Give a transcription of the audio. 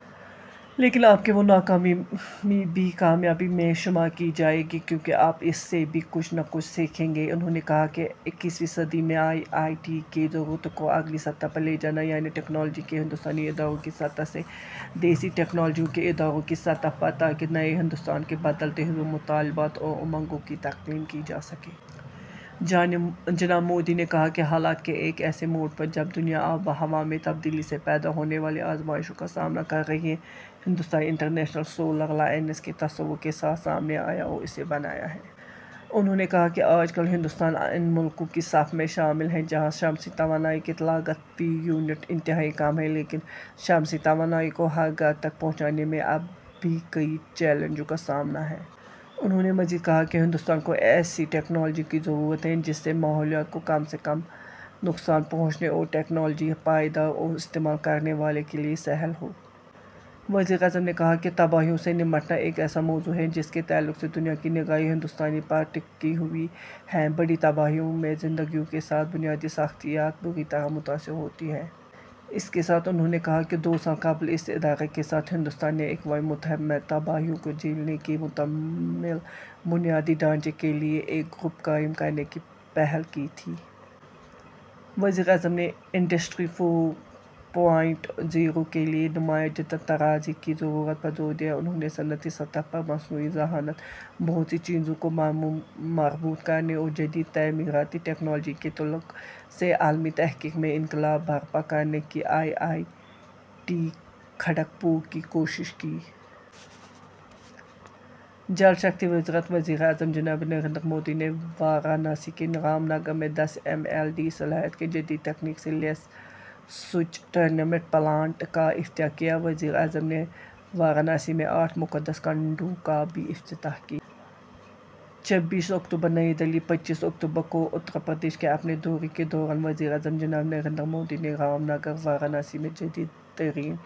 لیکن آپ کی وہ ناکامی بھی کامیابی میں شمار کی جائے گی، کیونکہ آپ اس سے بھی کچھ نہ کچھ سیکھیں گے۔ انہوں نے کہا کہ اکیسویں صدی میں آئی آئی ٹی کی ضرورتوں کو اگلی سطح پر لے جانا ہے، یعنی ٹیکنالوجی کے ہندوستانی اداروں کی سطح سے دیسی ٹیکنالوجیوں کے اداروں کی سطح پر، تاکہ نئے ہندوستان کے بدلتے ہوئے مطالبات اور امنگوں کی تکمیل کی جاسکے۔ جناب مودی نے کہا کہ حالات کے ایک ایسے موڑ پر جب دنیا آب و ہوا میں تبدیلی سے پیدا ہونے والی آزمائشوں کا سامنا کررہی ہے، ہندوستان انٹرنیشنل سولر الائنس کے تصور کے ساتھ سامنے آیا اور اسے بنایا ہے۔ انہوں نے کہا کہ آج کا ہندوستان ان ملکوں کی صف میں شامل ہے جہاں شمسی توانائی کی لاگت فی یونٹ انتہائی کم ہے، لیکن شمسی توانائی کو ہر گھر تک پہنچانے میں اب بھی کئی چیلنجوں کا سامنا ہے۔ انہوں نے مزید کہا کہ ہندوستان کو ایسی ٹیکنالوجی کی ضرورت ہے جس سے ماحولیات کو کم سے کم نقصان پہنچے اور وہ ٹیکنالوجی پائیدار اور استعمال کرنے والے کے لیے سہل ہو۔ وزیر اعظم نے کہا کہ تباہیوں سے نمٹنا ایک ایسا موضوع ہے جس کے تعلق سے دنیا کی نگاہیں ہندوستان پر ٹکی ہوئی ہیں۔ بڑی تباہیوں میں زندگیوں کے ساتھ بنیادی ساختیات بری طرح متاثر ہوتی ہیں۔ اسی کے ساتھ انہوں نے کہا کہ دو سال قبل اسی ادراک کے ساتھ ہندوستان نے اقوام متحدہ میں تباہیوں کو جھیلنے کے متحمل بنیادی ڈھانچے کے لیے ایک گروپ قائم کرنے کی پہل کی تھی۔ وزیر اعظم نے انڈسٹری فور پوائنٹ زیرو کے لیے نمایاں جدت طرازی کی ضرورت پر زور دیا۔ انہوں نے صنعتی سطح پر مصنوعی ذہانت، بہت سی چیزوں کو مربوط کرنے اور جدید تعمیراتی ٹیکنالوجی کے تعلق سے علمی تحقیق میں انقلاب برپا کرنے کی آئی آئی ٹی کھڑگ پور کی کوششوں کی۔ جل شکتی وزارت۔ وزیر اعظم جناب نریندر مودی نے وارانسی کے رام نگر میں دس ایم ایل ڈی صلاحیت کے جدید تکنیک سے لیس سیویج ٹریٹمنٹ پلانٹ کا افتتاح کیا۔ وزیر اعظم نے وارانسی میں آٹھ مقدس کنڈوں کا بھی افتتاح کیا۔ چھبیس اکتوبر، نئی دہلی: پچیس اکتوبر کو اتر پردیش کے اپنے دورے کے دوران وزیر اعظم جناب نریندر مودی نے رام نگر، وارانسی میں جدید ترین...